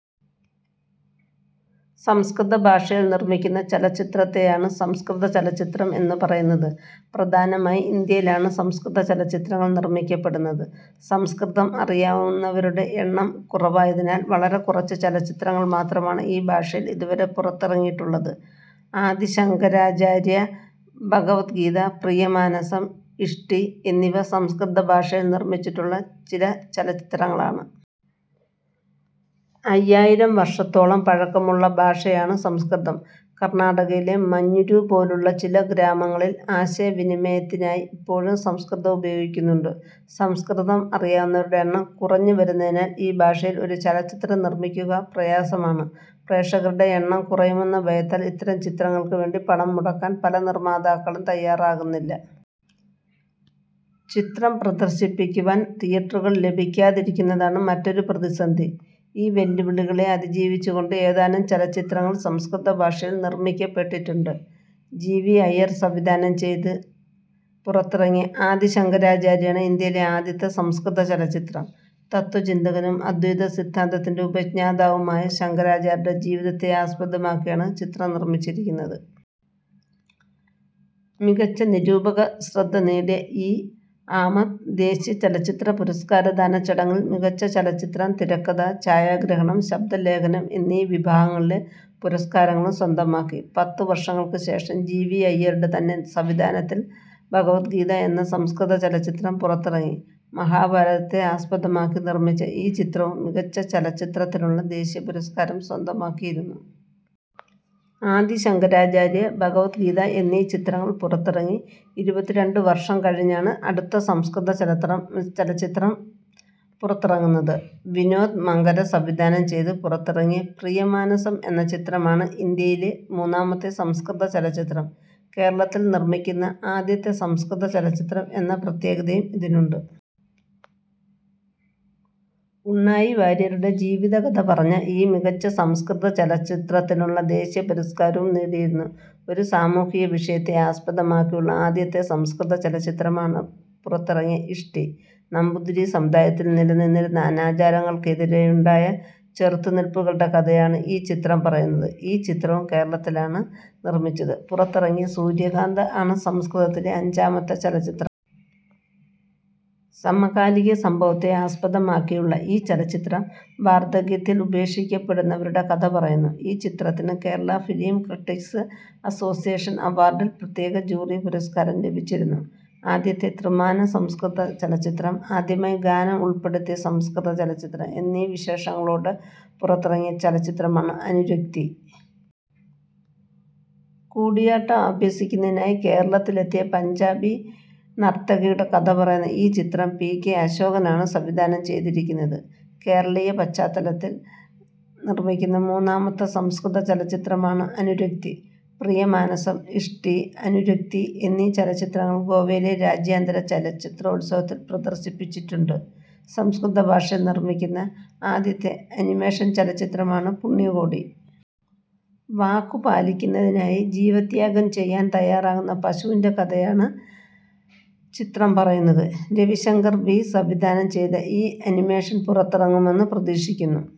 സംസ്കൃത ഭാഷയിൽ നിർമ്മിക്കുന്ന ചലച്ചിത്രത്തെയാണ് സംസ്കൃത ചലച്ചിത്രം എന്നുപറയുന്നത്. പ്രധാനമായും ഇന്ത്യയിലാണ് സംസ്കൃതചലച്ചിത്രങ്ങൾ നിർമ്മിക്കപ്പെടുന്നത്. സംസ്കൃതം അറിയാവുന്നവരുടെ എണ്ണം കുറവായതിനാൽ വളരെ കുറച്ച് ചലച്ചിത്രങ്ങൾ മാത്രമാണ് ഈ ഭാഷയിൽ ഇതുവരെ പുറത്തിറങ്ങിയിട്ടുള്ളത്. ആദി ശങ്കരാചാര്യ, ഭഗവദ് ഗീത, പ്രിയമാനസം, ഇഷ്ടി എന്നിവ സംസ്കൃത ഭാഷയിൽ നിർമ്മിച്ചിട്ടുള്ള ചില ചലച്ചിത്രങ്ങളാണ്. അയ്യായിരം വർഷത്തോളം പഴക്കമുള്ള ഭാഷയാണ് സംസ്കൃതം. കർണാടകയിലെ മഞ്ഞുരു പോലുള്ള ചില ഗ്രാമങ്ങളിൽ ആശയവിനിമയത്തിനായി ഇപ്പോഴും സംസ്കൃതം ഉപയോഗിക്കുന്നുണ്ട്. സംസ്കൃതം അറിയാവുന്നവരുടെ എണ്ണം കുറഞ്ഞുവരുന്നതിനാൽ ആ ഭാഷയിൽ ഒരു ചലച്ചിത്രം നിർമ്മിക്കുക പ്രയാസമാണ്. പ്രേക്ഷകരുടെ എണ്ണം കുറയുമെന്ന ഭയത്താൽ ഇത്തരം ചിത്രങ്ങൾക്കു വേണ്ടി പണം മുടക്കാൻ പല നിർമ്മാതാക്കളും തയ്യാറാകുന്നില്ല. ചിത്രം പ്രദർശിപ്പിക്കുവാൻ തീയറ്ററുകൾ ലഭിക്കാതിരിക്കുന്നതാണ് മറ്റൊരു പ്രതിസന്ധി. ഈ വെല്ലുവിളികളെ അതിജീവിച്ചുകൊണ്ട് ഏതാനും ചലച്ചിത്രങ്ങൾ സംസ്കൃത ഭാഷയിൽ നിർമ്മിക്കപ്പെട്ടിട്ടുണ്ട്. ജി. വി. അയ്യർ സംവിധാനം ചെയ്ത് പുറത്തിറങ്ങിയ ആദി ശങ്കരാചാര്യയാണ് ഇന്ത്യയിലെ ആദ്യത്തെ സംസ്കൃത ചലച്ചിത്രം. തത്വചിന്തകനും അദ്വൈതസിദ്ധാന്തത്തിന്റെ ഉപജ്ഞാതാവുമായ ശങ്കരാചാര്യരുടെ ജീവിതത്തെ ആസ്പദമാക്കിയാണ് ചിത്രം നിർമ്മിച്ചിരിക്കുന്നത്. മികച്ച നിരൂപകശ്രദ്ധ നേടിയ ഈ -ആമത് ദേശീയ ചലച്ചിത്ര പുരസ്കാരദാനച്ചടങ്ങിൽ മികച്ച ചലച്ചിത്രം, തിരക്കഥ, ഛായാഗ്രഹണം, ശബ്ദലേഖനം എന്നീ വിഭാഗങ്ങളിലെ പുരസ്കാരങ്ങളും സ്വന്തമാക്കി. പത്തുവർഷങ്ങൾക്കു ശേഷം ജി. വി. അയ്യരുടെ തന്നെ സംവിധാനത്തിൽ ഭഗവദ് ഗീത എന്ന സംസ്കൃത ചലച്ചിത്രം പുറത്തിറങ്ങി. മഹാഭാരതത്തെ ആസ്പദമാക്കി നിർമ്മിച്ച ഈ ചിത്രവും മികച്ച ചലച്ചിത്രത്തിനുള്ള ദേശീയ പുരസ്കാരം സ്വന്തമാക്കിയിരുന്നു. ആദി ശങ്കരാചാര്യ, ഭഗവദ് ഗീത എന്നീ ചിത്രങ്ങൾ പുറത്തിറങ്ങി ഇരുപത്തിരണ്ട് വർഷം കഴിഞ്ഞാണ് അടുത്ത സംസ്കൃത ചലത്രം ചലച്ചിത്രം പുറത്തിറങ്ങുന്നത്. വിനോദ് മങ്കര സംവിധാനം ചെയ്ത് പുറത്തിറങ്ങിയ പ്രിയമാനസം എന്ന ചിത്രമാണ് ഇന്ത്യയിലെ മൂന്നാമത്തെ സംസ്കൃത ചലച്ചിത്രം. കേരളത്തിൽ നിർമ്മിക്കുന്ന ആദ്യത്തെ സംസ്കൃത ചലച്ചിത്രം എന്ന പ്രത്യേകതയും ഇതിനുണ്ട്. ഉണ്ണായി വാര്യരുടെ ജീവിതകഥ പറഞ്ഞ ഈ മികച്ച സംസ്കൃത ചലച്ചിത്രത്തിനുള്ള ദേശീയ പുരസ്കാരവും നേടിയിരുന്നു. ഒരു സാമൂഹ്യ വിഷയത്തെ ആസ്പദമാക്കിയുള്ള ആദ്യത്തെ സംസ്കൃത ചലച്ചിത്രമാണ് പുറത്തിറങ്ങിയ ഇഷ്ടി. നമ്പൂതിരി സമുദായത്തിൽനിലനിന്നിരുന്ന അനാചാരങ്ങൾക്കെതിരെയുണ്ടായ ചെറുത്തുനിൽപ്പുകളുടെ കഥയാണ് ഈ ചിത്രം പറയുന്നത്. ഈ ചിത്രവും കേരളത്തിലാണ് നിർമ്മിച്ചത്. പുറത്തിറങ്ങിയ സൂര്യകാന്തഃ ആണ് സംസ്കൃതത്തിലെ അഞ്ചാമത്തെ ചലച്ചിത്രം. സമകാലിക സംഭവത്തെ ആസ്പദമാക്കിയുള്ള ഈ ചലച്ചിത്രം, വാർദ്ധക്യത്തിൽ ഉപേക്ഷിക്കപ്പെടുന്നവരുടെ കഥപറയുന്നു. ഈ ചിത്രത്തിന് കേരള ഫിലിം ക്രിട്ടിക്സ് അസോസിയേഷൻ അവാർഡിൽ പ്രത്യേക ജൂറി പുരസ്കാരം ലഭിച്ചിരുന്നു. ആദ്യത്തെ ത്രിമാന സംസ്കൃത ചലച്ചിത്രം, ആദ്യമായി ഗാനം ഉൾപ്പെടുത്തിയ സംസ്കൃത ചലച്ചിത്രം എന്നീ വിശേഷണങ്ങളോടെ പുറത്തിറങ്ങിയ ചലച്ചിത്രമാണ് അനുരക്തി. കൂടിയാട്ടം അഭ്യസിക്കുന്നതിനായി കേരളത്തിലെത്തിയ പഞ്ചാബി നർത്തകിയുടെ കഥ പറയുന്ന ഈ ചിത്രം പി. കെ. അശോകനാണ് സംവിധാനം ചെയ്തതിരിക്കുന്നത്. കേരളീയ പശ്ചാത്തലത്തിൽ നിർമ്മിക്കുന്ന മൂന്നാമത്തെ സംസ്കൃതചലച്ചിത്രമാണ് അനുരക്തി. പ്രിയമാനസം, ഇഷ്ടി, അനുരക്തി എന്നീ ചലച്ചിത്രങ്ങൾ ഗോവയിലെ രാജ്യാന്തര ചലച്ചിത്രോത്സവത്തിൽ പ്രദർശിപ്പിച്ചിട്ടുണ്ട്. സംസ്കൃത ഭാഷയിൽ നിർമ്മിക്കുന്ന ആദ്യത്തെ അനിമേഷൻ ചലച്ചിത്രമാണ് പുണ്യകോടി. വാക്കുപാലിക്കുന്നതിനായി ജീവത്യാഗം ചെയ്യാൻതയ്യാറാകുന്ന പശുവിന്‍റെ കഥയാണ് ചിത്രം പറയുന്നത്. രവി ശങ്കർ വി. സംവിധാനം ചെയ്ത ഈ അനിമേഷൻ പുറത്തിറങ്ങുമെന്ന് പ്രതീക്ഷിക്കുന്നു.